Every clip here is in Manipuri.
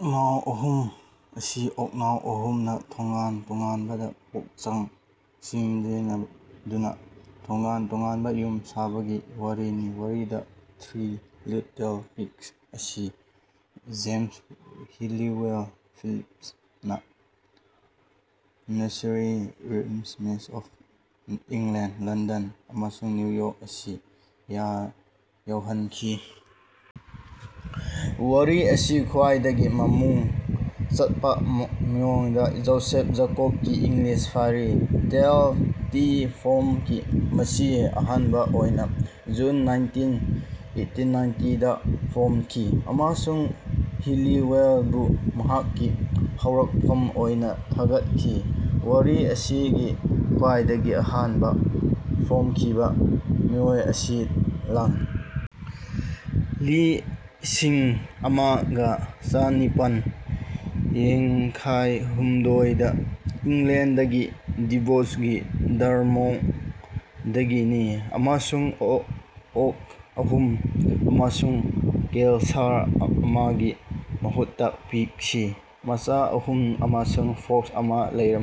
ꯑꯣꯛꯅꯥꯎ ꯑꯍꯨꯝ ꯑꯁꯤ ꯑꯣꯛꯅꯥꯎ ꯑꯍꯨꯝꯅ ꯇꯣꯉꯥꯟ ꯇꯣꯉꯥꯟꯕ ꯄꯣꯠꯆꯪ ꯁꯤꯖꯤꯟꯅꯗꯨꯅ ꯇꯣꯉꯥꯟ ꯇꯣꯉꯥꯟꯕ ꯌꯨꯝ ꯁꯥꯕꯒꯤ ꯋꯥꯔꯤꯅꯤ꯫ ꯋꯥꯔꯤ ꯗ ꯊ꯭ꯔꯤ ꯂꯤꯇꯜ ꯄꯤꯒ꯭ꯁ"" ꯑꯁꯤ ꯖꯦꯝꯁ ꯍꯦꯂꯤꯋꯦꯜ-ꯐꯤꯂꯤꯞ꯭ꯁꯅ the nursery rhymes of England (London ꯑꯃꯁꯨꯡ ꯅ꯭ꯌꯨ ꯌꯣꯔ꯭ꯛ ꯁꯤ.)ꯗ ꯌꯥꯎꯍꯟꯈꯤ꯫ ꯋꯥꯔꯤ ꯑꯁꯤ ꯈ꯭ꯋꯥꯏꯗꯒꯤ ꯃꯃꯤꯡ ꯆꯠꯄ ꯃꯑꯣꯡꯗ ꯖꯣꯁꯦꯐ ꯖꯦꯀꯣꯕꯁꯀꯤ ꯏꯪꯂꯤꯁ ꯐꯦꯔꯤ ꯇꯦꯜꯁꯇ ꯐꯣꯡꯈꯤ, ꯃꯁꯤ ꯑꯍꯥꯟꯕ ꯑꯣꯏꯅ ꯖꯨꯟ ꯅꯥꯏꯇꯤꯟ ꯑꯠꯇꯤ ꯅꯥꯏꯇꯤꯗ ꯐꯣꯡꯈꯤ, ꯑꯃꯁꯨꯡ ꯍꯦꯂꯤꯋꯦꯜꯕꯨ ꯃꯍꯥꯛꯀꯤ ꯍꯧꯔꯛꯐꯝ ꯑꯣꯏꯅ ꯊꯥꯒꯠꯈꯤ꯫ ꯋꯥꯔꯤ ꯑꯁꯤꯒꯤ ꯈ꯭ꯋꯥꯏꯗꯒꯤ ꯑꯍꯥꯟꯕ ꯐꯣꯡꯈꯤꯕ ꯃꯑꯣꯡ ꯑꯁꯤ ꯏꯪ ꯂꯤꯁꯤꯡꯑꯃꯒ ꯆꯅꯤꯄꯥꯟ ꯌꯥꯡꯈꯩꯍꯨꯝꯗꯣꯢꯗ ꯏꯪꯂꯦꯟꯗꯒꯤ ꯗꯦꯚꯣꯟꯒꯤ ꯗꯥꯔ꯭ꯠꯃꯨꯔꯗꯒꯤꯅꯤ, ꯑꯃꯁꯨꯡ ꯑꯣꯛ ꯑꯍꯨꯝ ꯑꯃꯁꯨꯡ ꯀꯩꯁꯥꯜ ꯑꯃꯒꯤ ꯃꯍꯨꯠꯇ ꯄꯤꯛꯁꯤ ꯃꯆꯥ ꯑꯍꯨꯝ ꯑꯃꯁꯨꯡ ꯐꯣꯛꯁ ꯑꯃ ꯂꯩ꯫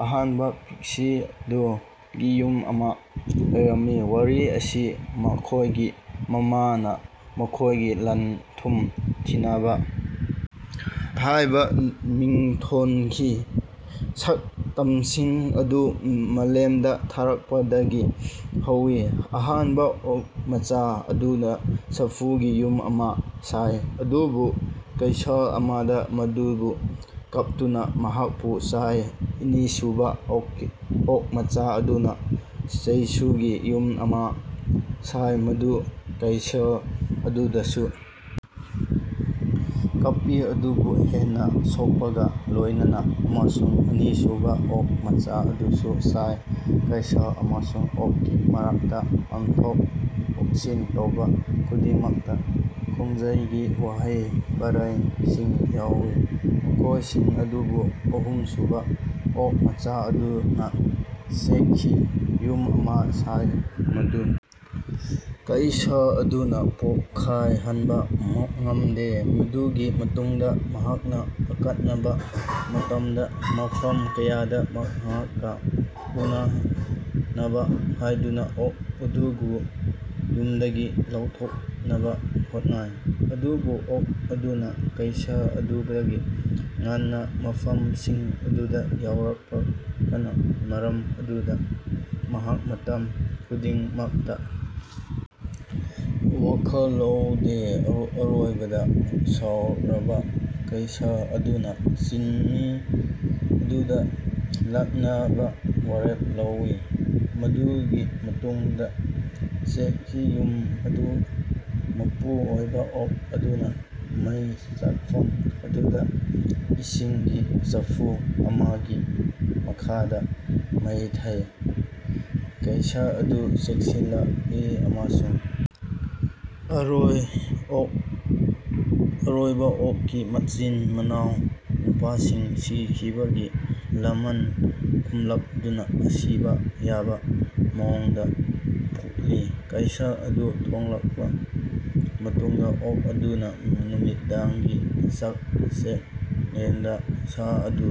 ꯑꯍꯥꯟꯕ ꯄꯤꯛꯁꯤꯗ ꯎꯒꯤ ꯌꯨꯝ ꯑꯃ ꯂꯩꯔꯝꯃꯤ: ꯋꯥꯔꯤ ꯑꯁꯤ ꯃꯈꯣꯏꯒꯤ ꯃꯃꯥꯅ "ꯃꯈꯣꯏꯒꯤ ꯂꯟ-ꯊꯨꯝ ꯊꯤꯅꯕ" ꯍꯥꯏꯕ ꯃꯤꯡꯊꯣꯜꯒꯤ ꯁꯛꯇꯝꯁꯤꯡ ꯑꯗꯨ ꯃꯥꯂꯦꯝꯗ ꯊꯥꯔꯛꯄꯗꯒꯤ ꯍꯧꯋꯤ꯫ ꯑꯍꯥꯟꯕ ꯑꯣꯛ ꯃꯆꯥ ꯑꯗꯨꯅ ꯆꯐꯨꯒꯤ ꯌꯨꯝ ꯑꯃ ꯁꯥꯏ, ꯑꯗꯨꯕꯨ ꯀꯩꯁꯥꯜ ꯑꯃꯅ ꯃꯗꯨꯕꯨ ꯀꯥꯞꯇꯨꯅ ꯃꯍꯥꯛꯄꯨ ꯆꯥꯏ꯫ ꯑꯅꯤꯁꯨꯕ ꯑꯣꯛ ꯃꯆꯥ ꯑꯗꯨꯅ ꯆꯩꯁꯨꯒꯤ ꯌꯨꯝ ꯑꯃ ꯁꯥꯏ, ꯃꯗꯨ ꯀꯩꯁꯥꯜ ꯑꯗꯨꯅꯁꯨ ꯀꯥꯞꯄꯤ, ꯑꯗꯨꯕꯨ ꯍꯦꯟꯅ ꯁꯣꯛꯄꯒ ꯂꯣꯏꯅꯅ ꯑꯃꯁꯨꯡ ꯑꯅꯤꯁꯨꯕ ꯑꯣꯛ ꯃꯆꯥ ꯑꯗꯨꯁꯨ ꯆꯥꯏ꯫ ꯀꯩꯁꯥꯜ ꯑꯃꯁꯨꯡ ꯑꯣꯛꯀꯤ ꯃꯔꯛꯇ ꯑꯣꯟꯊꯣꯛ-ꯑꯣꯟꯁꯤꯟ ꯇꯧꯕ ꯈꯨꯗꯤꯡꯃꯛꯇ ꯈꯣꯟꯖꯦꯜꯒꯤ ꯋꯥꯍꯩ ꯄꯔꯦꯡꯁꯤꯡ ꯌꯥꯎꯋꯤ, ꯃꯈꯣꯏꯁꯤꯡ ꯑꯗꯨꯗꯤ: ꯑꯍꯨꯝꯁꯨꯕ ꯑꯣꯛ ꯃꯆꯥ ꯑꯗꯨꯅ ꯆꯦꯛꯀꯤ ꯌꯨꯝ ꯑꯃ ꯁꯥꯏ, ꯃꯗꯨ ꯀꯩꯁꯥꯜ ꯑꯗꯨꯅ ꯄꯣꯈꯥꯢꯍꯟꯕ ꯉꯝꯗꯦ꯫ ꯃꯗꯨꯒꯤ ꯃꯇꯨꯡꯗ ꯃꯍꯥꯛꯅ ꯑꯀꯛꯅꯕ ꯃꯇꯝꯗ ꯃꯐꯝ ꯀꯌꯥꯗ ꯃꯍꯥꯛꯀ ꯎꯅꯅꯕ ꯍꯥꯏꯗꯨꯅ ꯑꯣꯛ ꯑꯗꯨꯕꯨ ꯌꯨꯝꯗꯒꯤ ꯂꯧꯊꯣꯛꯅꯕ ꯍꯣꯠꯅꯩ, ꯑꯗꯨꯕꯨ ꯑꯣꯛ ꯑꯗꯨꯅ ꯀꯩꯁꯥꯜ ꯑꯗꯨꯗꯒꯤ ꯉꯟꯅ ꯃꯐꯝꯁꯤꯡ ꯑꯗꯨꯗ ꯌꯧꯔꯛꯄꯅ ꯃꯔꯝ ꯑꯣꯏꯗꯨꯅ ꯃꯍꯥꯛ ꯃꯇꯝ ꯈꯨꯗꯤꯡꯃꯛꯇ ꯋꯥꯈꯜ ꯂꯧꯗꯦ꯫ ꯑꯔꯣꯏꯕꯗ, ꯁꯥꯎꯔꯕ ꯀꯩꯁꯥꯜ ꯑꯗꯨꯅ ꯆꯤꯝꯅꯤ ꯑꯗꯨꯗ ꯂꯥꯛꯅꯕ ꯋꯥꯔꯦꯞ ꯂꯧꯋꯤ, ꯃꯗꯨꯒꯤ ꯃꯇꯨꯡꯗ ꯆꯦꯛꯀꯤ ꯌꯨꯝ ꯑꯗꯨ ꯃꯄꯨ ꯑꯣꯏꯕ ꯑꯣꯛ ꯑꯗꯨꯅ ꯃꯩ ꯆꯥꯛꯐꯝ ꯑꯗꯨꯗ ꯏꯁꯤꯡꯒꯤ ꯆꯐꯨ ꯑꯃꯒꯤ ꯃꯈꯥꯗ ꯃꯩ ꯊꯥꯏ꯫ ꯀꯩꯁꯥꯜ ꯑꯗꯨ ꯆꯪꯁꯤꯜꯂꯛꯏ ꯑꯃꯁꯨꯡ ꯑꯔꯣꯏꯕ ꯑꯣꯛꯀꯤ ꯃꯆꯤꯟ-ꯃꯅꯥꯎ ꯅꯨꯄꯥꯁꯤꯡ ꯁꯤꯈꯤꯕꯒꯤ ꯂꯃꯟ ꯈꯨꯝꯂꯗꯨꯅ ꯁꯤꯕ ꯌꯥꯕ ꯃꯑꯣꯡꯗ ꯐꯨꯠꯂꯤ꯫ ꯀꯩꯁꯥꯜ ꯑꯗꯨ ꯊꯣꯡꯂꯕ ꯃꯇꯨꯡꯗ, ꯑꯣꯛ ꯑꯗꯨꯅ ꯅꯨꯃꯤꯗꯥꯡꯒꯤ ꯆꯥꯛꯂꯦꯟꯗ ꯁꯥ ꯑꯗꯨ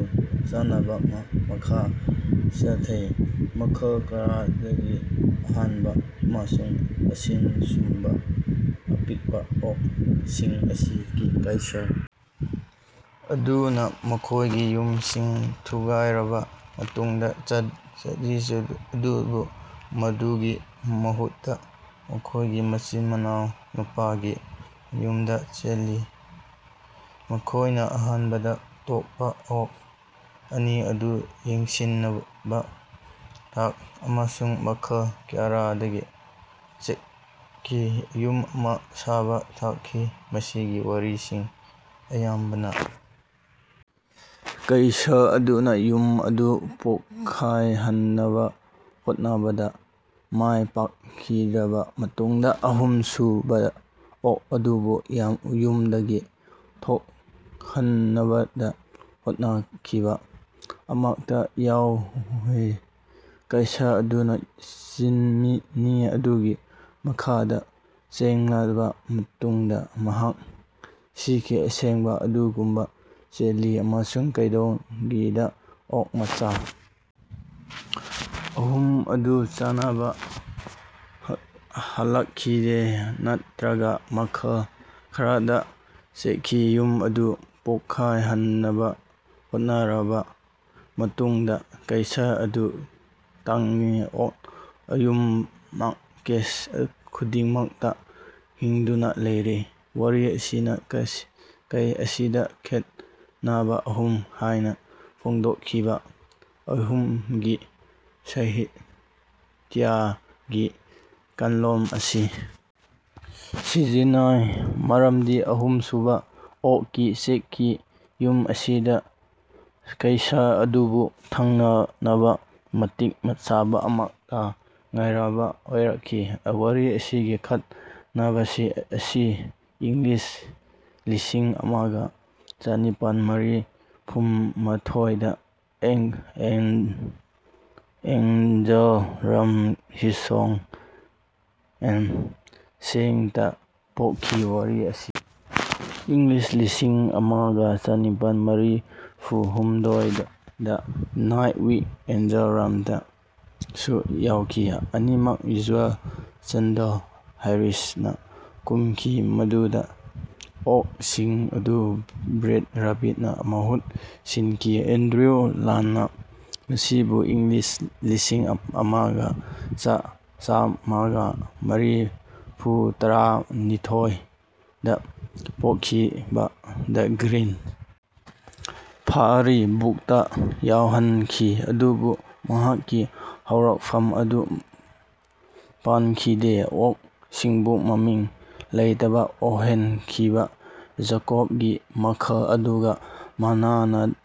ꯆꯥꯅꯕ ꯃꯈꯥ ꯆꯠꯊꯩ꯫ ꯃꯈꯜ ꯈꯔꯗꯗꯤ, ꯑꯍꯥꯟꯕ ꯑꯃꯁꯨꯡ ꯑꯅꯤꯁꯨꯕ ꯑꯄꯤꯛꯄ ꯑꯣꯛꯁꯤꯡ ꯑꯁꯤ ꯀꯩꯁꯥꯜ ꯑꯗꯨꯅ ꯃꯈꯣꯏꯒꯤ ꯌꯨꯝꯁꯤꯡ ꯊꯨꯒꯥꯏꯔꯕ ꯃꯇꯨꯡꯗ ꯆꯥꯗꯦ ꯑꯗꯨꯕꯨ ꯃꯗꯨꯒꯤ ꯃꯍꯨꯠꯇ ꯃꯈꯣꯏꯒꯤ ꯃꯆꯤꯟ-ꯃꯅꯥꯎ ꯅꯨꯄꯥꯒꯤ ꯃꯌꯨꯝꯗ ꯆꯦꯜꯂꯤ, ꯃꯈꯣꯏꯅ ꯑꯍꯥꯟꯕꯗ ꯑꯇꯣꯞꯄ ꯑꯣꯛ ꯑꯅꯤ ꯑꯗꯨ ꯌꯦꯡꯁꯤꯟꯕ ꯇꯥꯈꯤ ꯑꯃꯁꯨꯡ ꯃꯈꯜ ꯈꯔꯗ ꯆꯦꯛꯀꯤ ꯌꯨꯝ ꯑꯃ ꯁꯥꯕ ꯇꯥꯈꯤ꯫ ꯃꯁꯤꯒꯤ ꯋꯥꯔꯤꯁꯤꯡ ꯑꯌꯥꯝꯕꯅ ꯀꯩꯁꯥꯜ ꯑꯗꯨꯅ ꯌꯨꯝ ꯑꯗꯨ ꯄꯣꯈꯥꯢꯍꯟꯅꯕ ꯍꯣꯠꯅꯕꯗ ꯃꯥꯏ ꯄꯥꯛꯈꯤꯗ꯭ꯔꯕ ꯃꯇꯨꯡꯗ ꯑꯍꯨꯝꯁꯨꯕ ꯑꯣꯛ ꯑꯗꯨꯕꯨ ꯌꯨꯝꯗꯒꯤ ꯊꯣꯛꯍꯟꯅꯕ ꯍꯣꯠꯅꯈꯤꯕ ꯑꯃꯠꯇ ꯌꯥꯎꯗꯦ꯫ ꯀꯩꯁꯥꯜ ꯑꯗꯨꯅ ꯆꯤꯝꯅꯤ ꯑꯗꯨꯒꯤ ꯃꯈꯥꯗ ꯆꯪꯂꯕ ꯃꯇꯨꯡꯗ ꯃꯍꯥꯛ ꯁꯤꯈꯤ, ꯑꯁꯦꯡꯕ ꯑꯗꯨꯒꯨꯝꯅ, ꯆꯦꯜꯂꯛꯏ ꯑꯃꯁꯨꯡ ꯀꯩꯗꯧꯉꯩꯗ ꯑꯣꯛ ꯃꯆꯥ ꯑꯍꯨꯝ ꯑꯗꯨ ꯆꯥꯅꯕ ꯍꯜꯂꯛꯈꯤꯗꯦ, ꯅꯠꯇ꯭ꯔꯒ ꯃꯈꯜ ꯈꯔꯗ ꯆꯦꯛꯀꯤ ꯌꯨꯝ ꯑꯗꯨ ꯄꯣꯈꯥꯢꯍꯟꯅꯕ ꯍꯣꯠꯅꯔꯕ ꯃꯇꯨꯡꯗ ꯀꯩꯁꯥꯜ ꯑꯗꯨ ꯇꯥꯡꯉꯤ꯫ ꯑꯣꯛ ꯑꯍꯨꯝꯃꯛ ꯀꯦꯁ ꯈꯨꯗꯤꯡꯃꯛꯇ ꯍꯤꯡꯗꯨꯅ ꯂꯩꯔꯤ꯫ ꯋꯥꯔꯤ ꯑꯁꯤꯅ ꯀꯦꯁ ꯑꯁꯤꯗ "ꯈꯦꯠꯅꯕ ꯑꯍꯨꯝ"ꯍꯥꯏꯅ ꯐꯣꯡꯗꯣꯛꯈꯤꯕ ꯑꯍꯨꯝꯒꯤ ꯁꯥꯍꯤꯇ꯭ꯌꯒꯤ ꯀꯥꯡꯂꯣꯟ ꯑꯁꯤ ꯁꯤꯖꯤꯟꯅꯩ, ꯃꯔꯝꯗꯤ ꯑꯍꯨꯝꯁꯨꯕ ꯑꯣꯛꯀꯤ ꯆꯦꯛꯀꯤ ꯌꯨꯝ ꯑꯁꯤꯅ ꯀꯩꯁꯥꯜ ꯑꯗꯨꯕꯨ ꯊꯦꯡꯅꯅꯕ ꯃꯇꯤꯛ ꯆꯥꯕ ꯑꯃꯠꯇ ꯉꯥꯏꯔꯕ ꯑꯣꯏꯔꯛꯏ꯫ ꯋꯥꯔꯤ ꯑꯁꯤꯒꯤ ꯈꯦꯠꯅꯕꯁꯤꯡ ꯑꯁꯤ ꯏꯪ ꯂꯤꯁꯤꯡꯑꯃꯒ ꯆꯅꯤꯄꯥꯟ ꯃꯔꯤꯐꯨꯃꯊꯣꯢ the Uncle Remus: his songs and ꯁꯦꯅꯤꯡꯁꯇ ꯐꯣꯡꯈꯤ꯫ ꯋꯥꯔꯤ ꯑꯁꯤ ꯏꯪ ꯂꯤꯁꯤꯡꯑꯃꯒ ꯆꯅꯤꯄꯥꯟ ꯃꯔꯤꯐꯨꯍꯨꯝꯗꯣꯢ ꯗ ꯅꯥꯏꯠ꯭ꯁ ꯋꯤꯊ ꯑꯟꯀꯜ ꯔꯦꯃꯁꯇꯁꯨ ꯌꯥꯎꯈꯤ, ꯑꯅꯤꯃꯛ ꯖꯣꯌꯦꯜ ꯆꯥꯟꯗ꯭ꯂꯔ ꯍꯦꯔꯤꯁꯅ ꯀꯨꯝꯈꯤ, ꯃꯗꯨꯗ ꯑꯣꯛꯁꯤꯡ ꯑꯗꯨ ꯕ꯭ꯔꯦꯔ ꯔꯦꯕꯤꯠꯅ ꯃꯍꯨꯠ ꯁꯤꯟꯈꯤ꯫ ꯑꯦꯟꯗ꯭ꯔꯨ ꯂꯦꯡꯅ ꯃꯁꯤꯕꯨ ꯏꯪ ꯂꯤꯁꯤꯡꯑꯃꯒ ꯆꯥꯃꯉꯥ ꯃꯔꯤꯐꯨꯇꯔꯥꯅꯤꯊꯣꯢ ꯗ ꯐꯣꯡꯈꯤꯕ ꯗ ꯒ꯭ꯔꯤꯟ ꯐꯦꯔꯤ ꯕꯨꯛꯇ ꯌꯥꯎꯍꯟꯈꯤ, ꯑꯗꯨꯕꯨ ꯃꯍꯥꯛꯀꯤ ꯍꯧꯔꯛꯐꯝ ꯑꯗꯨ ꯄꯟꯈꯤꯗꯦ꯫ ꯑꯣꯛꯁꯤꯡꯕꯨ ꯃꯃꯤꯡ ꯂꯩꯇꯕ ꯑꯣꯏꯍꯟꯈꯤꯕ ꯖꯦꯀꯣꯕꯁꯀꯤ ꯃꯈꯜ ꯑꯗꯨꯒ ꯃꯥꯟꯅꯗꯅ,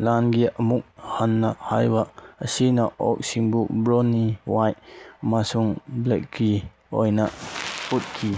ꯂꯦꯡꯒꯤ ꯑꯃꯨꯛ ꯍꯟꯅ ꯍꯥꯏꯕ ꯑꯁꯤꯅ ꯑꯣꯛꯁꯤꯡꯕꯨ ꯕ꯭ꯔꯥꯎꯅꯤ, ꯋꯥꯏꯇꯤ ꯑꯃꯁꯨꯡ ꯕ꯭ꯂꯦꯀꯤ ꯑꯣꯏꯅ ꯎꯠꯈꯤ꯫